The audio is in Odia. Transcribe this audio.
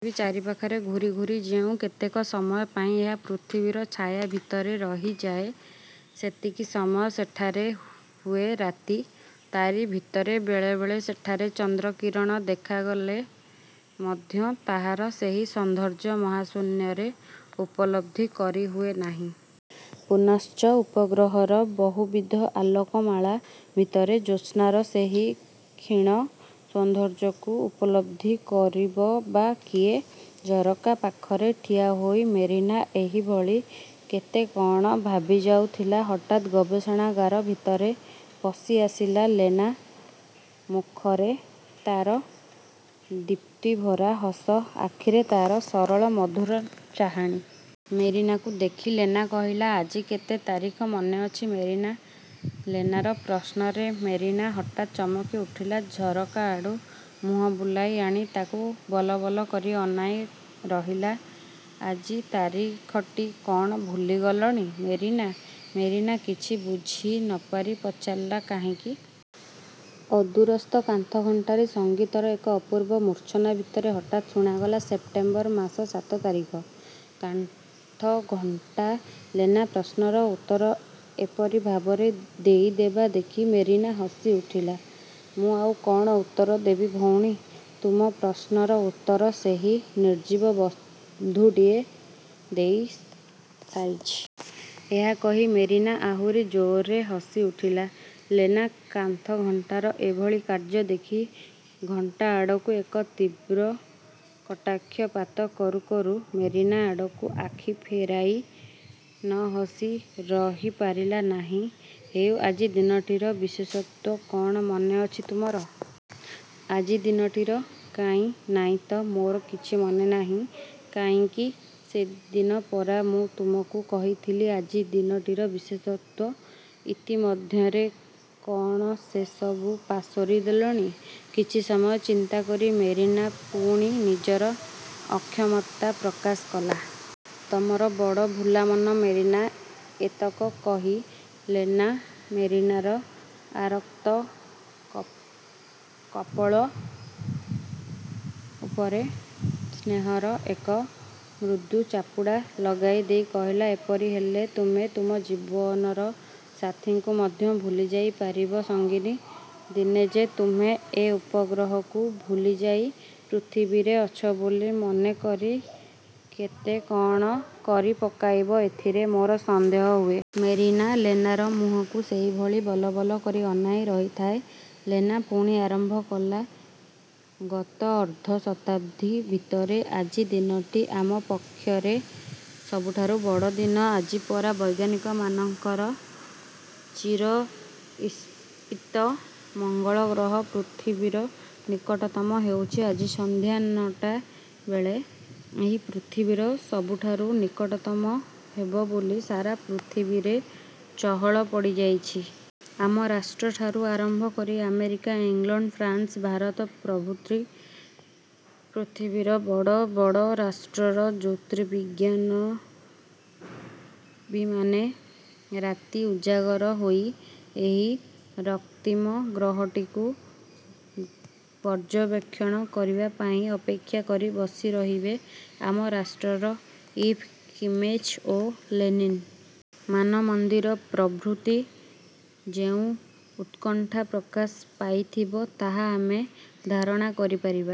ପୃଥିବୀ ଚାରିପାଖରେ ଘୂରୁ ଘୂରୁ ଯେଉଁ କେତେକ ସମୟ ପାଇଁ ଏହା ପୃଥିବୀର ଛାୟା ଭିତରେ ରହଯାଏ, ସେତିକି ସମୟ ସେଠାରେ ହୁଏ ରାତି। ତା'ରି ଭିତରେ ବେଳେବେଳେ ସେଠାରେ ଚନ୍ଦ୍ରକିରଣ ଦେଖାଗଲେ ମଧ୍ୟ ତାହାର ସେହି ସୌନ୍ଦର୍ଯ୍ୟ ମହାଶୂନ୍ୟରେ ଉପଲବ୍ଧି କରି ହୁଏ ନାହିଁ। ପୁନଶ୍ଚ ଉପଗ୍ରହର ବହୁବିଧ ଆଲୋକମାଳା ଭିତରେ ଜ୍ୟୋସ୍ନାର ସେହି କ୍ଷୀଣ ସୌନ୍ଦର୍ଯ୍ୟକୁ ଉପଲବ୍ଧି କରିବ ବା କିଏ? ଝରକା ପାଖରେ ଠିଆହୋଇ ମେରିନା ଏହିଭଳି କେତେ କ'ଣ ଭାବିଯାଉଥିଲା। ହଠାତ୍ ଗବେଷଣାଗାର ଭିତରେ ପଶିଆସିଲା ଲେନା। ମୁଖରେ ତାର ଦୀପ୍ତିଭରା ହସ, ଆଖିରେ ତାର ସରଳ ମଧୁର ଚାହାଣି। ମେରିନାକୁ ଦେଖି ଲେନା କହିଲା, ''ଆଜି କେତେ ତାରିଖ ମନେ ଅଛି ମେରିନା? '' ଲେନାର ପ୍ରଶ୍ନରେ ମେରିନା ହଠାତ୍ ଚମକି ଉଠିଲା। ଝରକା ଆଡ଼ୁ ମୁହଁ ବୁଲାଇ ଆଣି ତା'କୁ ବଲବଲ କରି ଅନାଇ ରହିଲା, ''ଆଜି ତାରିଖଟି କ'ଣ ଭୁଲିଗଲଣି ମେରିନା? ''ମେରିନା କିଛି ବୁଝି ନପାରି ପଚାରିଲା, ''କାହିଁକି? '' ଅଦୂରସ୍ଥ କାନ୍ଥଘଣ୍ଟାରେ ସଙ୍ଗୀତର ଏକ ଅପୂର୍ବ ମୂର୍ଚ୍ଛନା ଭିତରେ ହଠାତ୍ ଶୁଣାଗଲା-''ସେପ୍ଟେମ୍ୱର ମାସ ସାତ ତାରିଖ। '' କାନ୍ଥଘଣ୍ଟା ଲେନା ପ୍ରଶ୍ନର ଉତ୍ତର ଏପରି ଭାବରେ ଦେଇଦେବା ଦେଖି ମେରିନା ହସି ଉଠିଲା। ''ମୁଁ ଆଉ କ'ଣ ଉତ୍ତର ଦେବୀ ଭଉଣୀ? ତୁମ ପ୍ରଶ୍ନର ଉତ୍ତର ସେହି ନିର୍ଜୀବ ବନ୍ଧୁଟି ଦେଇସାରିଛି। ' ଏହା କହି ମେରିନା ଆହୁରି ଜୋର୍ରେ ହସି ଉଠିଲା। ଲେନା କାନ୍ଥଘଣ୍ଟାର ଏଭଳି କାର୍ଯ୍ୟ ଦେଖି ଘଣ୍ଟା ଆଡ଼କୁ ଏକ ତୀବ୍ର କଟାକ୍ଷପାତ କରୁ କରୁ ମେରିନା ଆଡ଼କୁ ଆଖି ଫେରାଇ ନହସି ରହିପାରିଲା ନାହିଁ। ''ହେଉ, ଆଜି ଦିନଟିର ବିଶେଷତ୍ୱ କ'ଣ ମନେ ଅଛି ତୁମର? '' ''ଆଜି ଦିନଟିର? କାହିଁ, ନାଇଁ ତ-ମୋର କିଛି ମନେ ନାହିଁ। '' ''କାହିଁକି, ସେଦିନ ପରା ମୁଁ ତୁମକୁ କହିଥିଲି, ଆଜି ଦିନଟିର ବିଶେଷତ୍ୱ। ଇତିମଧ୍ୟରେ କ'ଣ ସେ ସବୁ ପାସୋରି ଦେଲଣି? '' କିଛି ସମୟ ଚିନ୍ତା କରି ମେରିନା ପୁଣି ନିଜର ଅକ୍ଷମତା ପ୍ରକାଶ କଲା। ''ତମର ବଡ଼ ଭୁଲା ମନ ମେରିନା! '' ଏତକ କହି ଲେନା ମେରିନାର ଆରକ୍ତ କପୋଳ ଉପରେ ସ୍ନେହର ଏକ ମୃଦୁ ଚାପୁଡ଼ା ଲଗାଇ ଦେଇ କହିଲା, ''ଏପରି ହେଲେ ତୁମେ ତୁମ ଜୀବନର ସାଥୀଙ୍କୁ ମଧ୍ୟ ଭୁଲିଯାଇ ପାରିବ ସଙ୍ଗିନି! ଦିନେ ଯେ ତୁମେ ଏ ଉପଗ୍ରହକୁ ଭୁଲିଯାଇ ପୃଥିବୀରେ ଅଛ ବୋଲି ମନେ କରି କେତେ କଣ କରିପକାଇବ, ଏଥିରେ ମୋର ସନ୍ଦେହ ହୁଏ। '' ମେରିନା ଲେନାର ମୁହଁକୁ ସେହିଭଳି ବଲବଲ କରି ଅନାଇ ରହିଥାଏ। ଲେନା ପୁଣି ଆରମ୍ଭ କଲା-'ଗତ ଅର୍ଦ୍ଧ-ଶତାବ୍ଦୀ ଭିତରେ ଆଜି ଦିନଟି ଆମ ପକ୍ଷରେ ସବୁଠାରୁ ବଡ଼ ଦିନ। ଆଜି। ପରା ବୈଜ୍ଞାନିକମାନଙ୍କର ଚିରଈପ୍ସିତ ମଙ୍ଗଳଗ୍ରହ ପୃଥିବୀର ନିକଟତମ ହେଉଛି? ଆଜି ସନ୍ଧ୍ୟା ନ'ଟା ବେଳେ ଏହା ପୃଥିବୀର ସବୁଠାରୁ ନିକଟତମ ହେବ ବୋଲି ସାରା ପୃଥିବୀରେ ଚହଳ ପଡ଼ିଯାଇଛି। ଆମ ରାଷ୍ଟ୍ରଠାରୁ ଆରମ୍ଭ କରି ଆମେରିକା, ଇଂଲଣ୍ଡ, ଫ୍ରାନ୍ସ, ଭାରତ ପ୍ରଭୃତି ପୃଥିବୀର ବଡ଼ ବଡ଼ ରାଷ୍ଟ୍ରର ଜ୍ୟୋତିର୍ବିଜ୍ଞାନବିତ୍ମାନେ ରାତି ଉଜାଗର ହୋଇ ଏହି ରକ୍ତିମ ଗ୍ରହଟିକୁ ପର୍ଯ୍ୟବେକ୍ଷଣ କରିବା ପାଇଁ ଅପେକ୍ଷା କରି ବସି ରହିଥିବେ। ଆମ ରାଷ୍ଟ୍ରର ଇଭ୍, କିମେଜ୍ ଓ ଲେନିନ୍ ମାନମନ୍ଦିର ପ୍ରଭୃତିରେ ଯେଉଁ ଉତ୍କଣ୍ଠା ପ୍ରକାଶ ପାଇଥିବ, ତାହା ଆମେ ଧାରଣା କରିପାରିବା